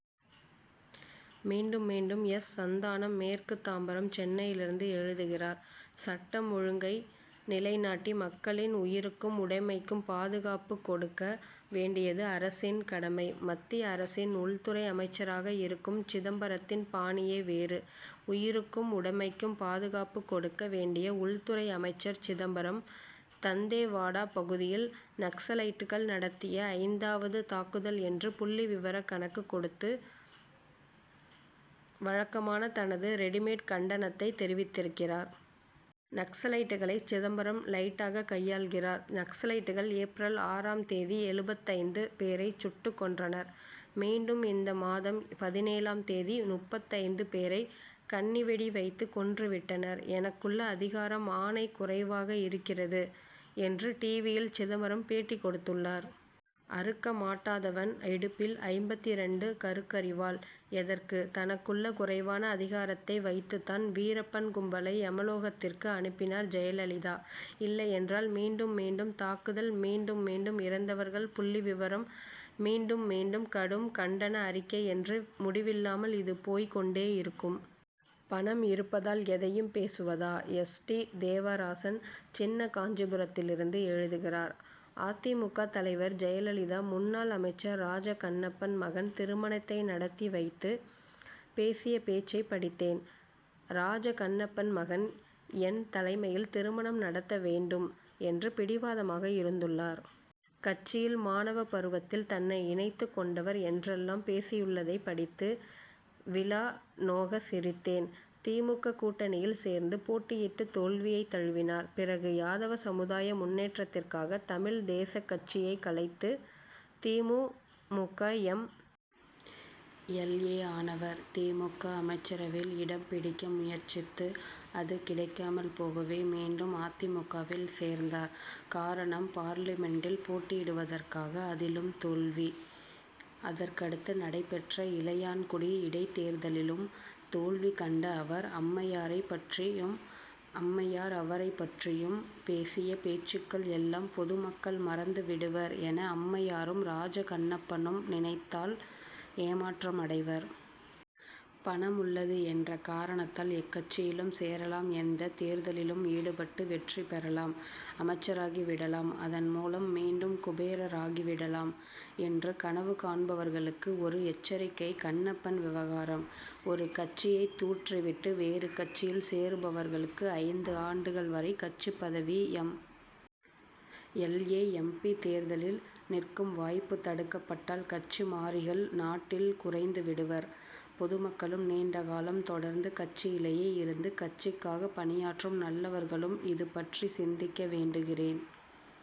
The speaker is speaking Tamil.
மீண்டும் மீண்டும் எஸ். சந்தானம் மேற்கு தாம்பரம் சென்னையிலிருந்து எழுதுகிறார் சட்டம் ஒழுங்கை நிலைநாட்டி மக்களின் உயிருக்கும் உடமைக்கும் பாதுகாப்பு கொடுக்க வேண்டியது அரசின் கடமை. மத்திய அரசின் உள்துறை அமைச்சராக இருக்கும் சிதம்பரத்தின் பாணியே வேறு. உயிருக்கும் உடமைக்கும் பாதுகாப்பு கொடுக்க வேண்டிய உள்துறை அமைச்சர் சிதம்பரம் தந்தேவாடா பகுதியில் நக்சலைட்கள் நடத்திய ஐந்தாவது தாக்குதல் என்று புள்ளி விவரக்கணக்குக் கொடுத்து வழக்கமான தனது ரெடிமேட் கண்டனத்தை தெரிவித்திருக்கிறார். நக்சலைட்களை சிதம்பரம் லைட்டாக கையாள்கிறார். நக்சலைட்கள் ஏப்ரல் ஆறாம் தேதி எழுபத்தைந்து பேரை சுட்டுக் கொன்றனர். மீண்டும் இந்த மாதம் பதினேழாம் தேதி முப்பத்தைந்து பேரை கண்ணிவெடி வைத்துக் கொன்று விட்டனர். எனக்குள்ள அதிகாரம் ஆணை குறைவாக இருக்கிறது என்று டிவியில் சிதம்பரம் பேட்டி கொடுத்துள்ளார். அறுக்க மாட்டாதவன் இடுப்பில் ஐம்பத்திரண்டு கருக்கரிவாள் எதற்கு? தனக்குள்ள குறைவான அதிகாரத்தை வைத்துத்தான் வீரப்பன் கும்பலை எமலோகத்திற்கு அனுப்பினார் ஜெயலலிதா. இல்லையென்றால் மீண்டும் மீண்டும் தாக்குதல் மீண்டும் மீண்டும் இறந்தவர்கள் புள்ளிவிவரம் மீண்டும் மீண்டும் கடும் கண்டன அறிக்கை என்று முடிவில்லாமல் இது போய்க் கொண்டேயிருக்கும். பணம் இருப்பதால் எதையும் பேசுவதா? எஸ். டி. தேவராசன் சின்ன காஞ்சிபுரத்திலிருந்து எழுதுகிறார் அ. தி. மு. க. தலைவர் ஜெயலலிதா முன்னாள் அமைச்சர் ராஜ கண்ணப்பன் மகன் திருமணத்தை நடத்தி வைத்து பேசிய பேச்சை படித்தேன். ராஜ கண்ணப்பன் மகன் என் தலைமையில் திருமணம் நடத்த வேண்டும் என்று பிடிவாதமாக இருந்துள்ளார். கட்சியில் மாணவப் பருவத்தில் தன்னை இணைத்துக் கொண்டவர் என்றெல்லாம் பேசியுள்ளதைப் படித்து விலா நோகச் சிரித்தேன். தி. மு. க. கூட்டணியில் சேர்ந்து போட்டியிட்டு தோல்வியைத் தழுவினார். பிறகு யாதவ சமுதாய முன்னேற்றத்திற்காக தமிழ் தேசக் கட்சியை கலைத்து தி. மு. மு. க. எம். எல். ஏ. ஆனவர். தி. மு. க. அமைச்சரவையில் இடம் பிடிக்க முயற்சித்து அது கிடைக்காமல் போகவே மீண்டும் அ. தி. மு. க.வில் சேர்ந்தார். காரணம் பார்லிமென்டில் போட்டியிடுவதற்காக அதிலும் தோல்வி. அதற்கடுத்து நடைபெற்ற இளையான்குடி இடைத்தேர்தலிலும் தோல்வி கண்ட அவர் அம்மையாரைப் பற்றியும் அம்மையார் அவரைப் பற்றியும் பேசிய பேச்சுக்கள் எல்லாம் பொதுமக்கள் மறந்து விடுவர் என அம்மையாரும் ராஜ கண்ணப்பனும் நினைத்தால் ஏமாற்றம் அடைவர். பணம் உள்ளது என்ற காரணத்தால் எக்கட்சியிலும் சேரலாம் எந்தத் தேர்தலிலும் ஈடுபட்டு வெற்றி பெறலாம் அமைச்சராகி விடலாம் அதன் மூலம் மீண்டும் குபேரர் ஆகிவிடலாம் என்று கனவு காண்பவர்களுக்கு ஒரு எச்சரிக்கை கண்ணப்பன் விவகாரம். ஒரு கட்சியை தூற்றிவிட்டு வேறு கட்சியில் சேருபவர்களுக்கு ஐந்து ஆண்டுகள் வரை கட்சிப் பதவி M. L. A. M. P. தேர்தலில் நிற்கும் வாய்ப்பு தடுக்கப்பட்டால் கட்சி மாறிகள் நாட்டில் குறைந்து விடுவர். பொதுமக்களும் நீண்ட காலம் தொடர்ந்து கட்சியிலேயே இருந்து கட்சிக்காக பணியாற்றும் நல்லவர்களும் இது பற்றி சிந்திக்க வேண்டுகிறேன்.